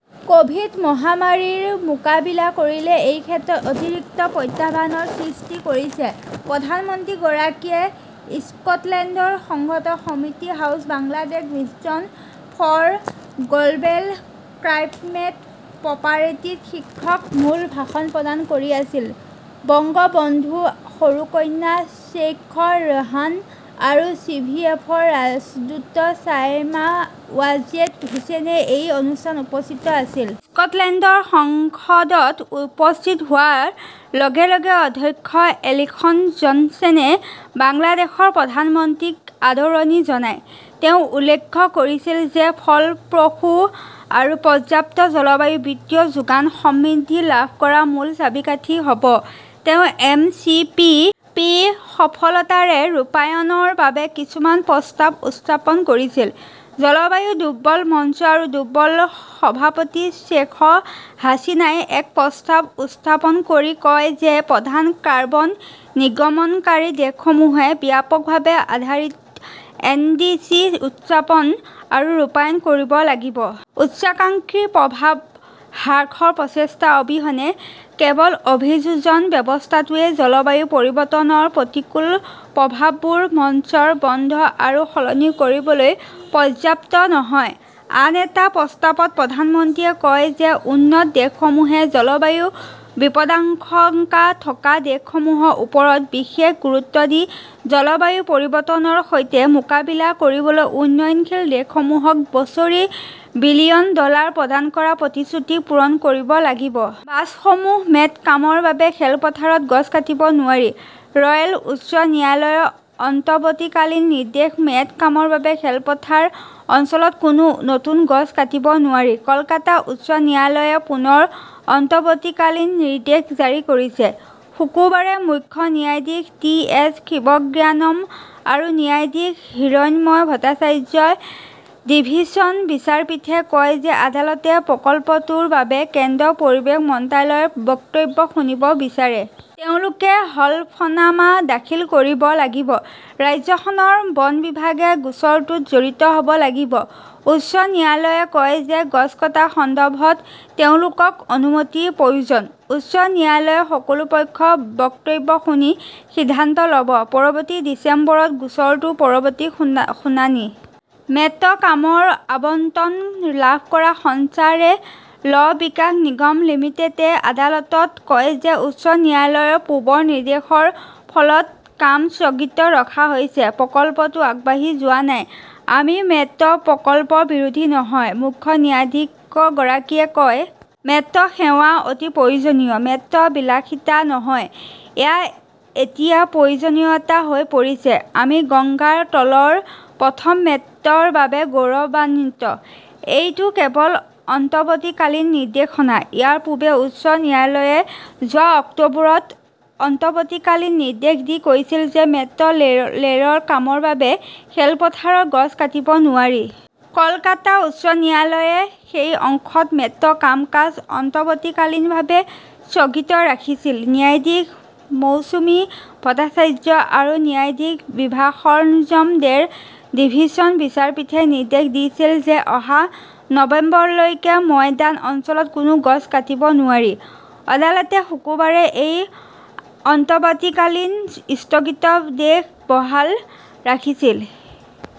Covid- মহামাৰীৰ মোকাবিলা কৰিলে এই ক্ষেত্ৰত অতিৰিক্ত প্ৰত্যাহ্বানৰ সৃষ্টি কৰিছে। প্ৰধানমন্ত্ৰীগৰাকীয়ে স্কটলেণ্ডৰ সংসদৰ কমিটি হাউচত Bangladesh vision for global climate prosperity" শীৰ্ষক মূল ভাষণ প্ৰদান কৰি আছিল। বংগবন্ধুৰ সৰু কন্যা শ্বেইখ ৰেহানা আৰু চিভিএফৰ ৰাষ্ট্ৰদূত চাইমা ৱাজেদ হুচেইনে এই অনুষ্ঠানত উপস্থিত আছিল। স্কটলেণ্ডৰ সংসদত উপস্থিত হোৱাৰ লগে লগে অধ্যক্ষ এলিসন জনষ্টনে বাংলাদেশৰ প্ৰধানমন্ত্ৰীক আদৰণি জনায়। তেওঁ উল্লেখ কৰিছিল যে ফলপ্ৰসূ আৰু পৰ্যাপ্ত জলবায়ু বিত্তীয় যোগান সমৃদ্ধি লাভ কৰাৰ মূল চাবিকাঠি হ'ব। তেওঁ এম. চি. পি. পি. সফলতাৰে ৰূপায়ণৰ বাবে কিছুমান প্ৰস্তাৱ উত্থাপন কৰিছিল। জলবায়ু দুৰ্বল মঞ্চ আৰু দুৰ্বল ৰ সভাপতি শ্বেখ হাছিনাই এক প্ৰস্তাৱ উত্থাপন কৰি কয় যে প্ৰধান কাৰ্বন নিৰ্গমনকাৰী দেশসমূহে ব্যাপকভাৱে আধাৰিত এনডিচি উপস্থাপন আৰু ৰূপায়ণ কৰিব লাগিব। উচ্চাকাংক্ষী প্ৰভাৱ হ্ৰাসৰ প্ৰচেষ্টা অবিহনে, কেৱল অভিযোজন ব্যৱস্থাটোৱেই জলবায়ু পৰিৱৰ্তনৰ প্ৰতিকূল প্ৰভাৱবোৰ মন্থৰ, বন্ধ আৰু সলনি কৰিবলৈ পৰ্যাপ্ত নহয়। আন এটা প্ৰস্তাৱত প্ৰধানমন্ত্ৰীয়ে কয় যে উন্নত দেশসমূহে জলবায়ু বিপদাশংকা থকা দেশসমূহৰ ওপৰত বিশেষ গুৰুত্ব দি জলবায়ু পৰিৱৰ্তনৰ সৈতে মোকাবিলা কৰিবলৈ উন্নয়নশীল দেশসমূহক বছৰি বিলিয়ন ডলাৰ প্ৰদান কৰাৰ প্ৰতিশ্ৰুতি পূৰণ কৰিব লাগিব। বাছসমূহ মেট্ৰ 'কামৰ বাবে খেলপথাৰত গছ কাটিব নোৱাৰি, ৰয়েল উচ্চ ন্যায়ালয়ৰ অন্তৱৰ্তীকালীন নিৰ্দেশ মেট্ৰ 'কামৰ বাবে খেলপথাৰ অঞ্চলত কোনো নতুন গছ কাটিব নোৱাৰি। কলকাতা উচ্চ ন্যায়ালয়ে পুনৰ অন্তৱৰ্তীকালীন নিৰ্দেশ জাৰি কৰিছে। শুকুৰবাৰে মুখ্য ন্যায়াধীশ টি এছ শিৱজ্ঞানম আৰু ন্যায়াধীশ হিৰণময় ভট্টাচাৰ্যৰ ডিভিছন বিচাৰপীঠে কয় যে আদালতে প্ৰকল্পটোৰ বাবে কেন্দ্ৰৰ পৰিৱেশ মন্ত্ৰালয়ৰ বক্তব্য শুনিব বিচাৰে। তেওঁলোকে হলফনামা দাখিল কৰিব লাগিব। ৰাজ্যখনৰ বন বিভাগে গোচৰটোত জড়িত হ'ব লাগিব। উচ্চ ন্যায়ালয়ে কয় যে গছ কটাৰ সন্দৰ্ভত তেওঁলোকক অনুমতিৰ প্ৰয়োজন। উচ্চ ন্যায়ালয়ে সকলো পক্ষৰ বক্তব্য শুনি সিদ্ধান্ত ল'ব। পৰৱৰ্তী ডিচেম্বৰত গোচৰটোৰ পৰৱৰ্তী শুনানি। মেট্ৰ 'কামৰ আবণ্টন লাভ কৰা সংস্থা ৰে' ল বিকাশ নিগম লিমিটেডে আদালতত কয় যে উচ্চ ন্যায়ালয়ৰ পূৰ্বৰ নিৰ্দেশৰ ফলত কাম স্থগিত ৰখা হৈছে। প্ৰকল্পটো আগবাঢ়ি যোৱা নাই। "আমি মেট্ৰ" প্ৰকল্পৰ বিৰোধী নহয় ", মুখ্য ন্যায়াধীশগৰাকীয়ে কয়। মেট্ৰ 'সেৱা অতি প্ৰয়োজনীয়। মেট্ৰ 'বিলাসিতা নহয়, এয়া এতিয়া প্ৰয়োজনীয়তা হৈ পৰিছে। আমি গংগাৰ তলৰ প্ৰথম মেট্ৰ "ৰ বাবে গৌৰৱান্বিত। এইটো কেৱল অন্তৱৰ্তীকালীন নিৰ্দেশনা। "ইয়াৰ পূৰ্বে উচ্চ ন্যায়ালয়ে যোৱা অক্টোবৰত অন্তৱৰ্তীকালীন নিৰ্দেশ দি কৈছিল যে মেট্ৰ' ৰে'লৰ কামৰ বাবে খেলপথাৰৰ গছ কাটিব নোৱাৰি। কলকাতা উচ্চ ন্যায়ালয়ে সেই অংশত মেট্ৰ'ৰ কাম-কাজ অন্তৱৰ্তীকালীনভাৱে স্থগিত ৰাখিছিল। ন্যায়াধীশ মৌসুমী ভট্টাচাৰ্য আৰু ন্যায়াধীশ বিভাসৰঞ্জন দেৰ ডিভিছন বিচাৰপীঠে নিৰ্দেশ দিছিল যে অহা নৱেম্বৰলৈকে ময়দান অঞ্চলত কোনো গছ কাটিব নোৱাৰি। আদালতে শুকুৰবাৰে এই অন্তৱৰ্তীকালীন স্থগিতাদেশ বহাল ৰাখিছিল।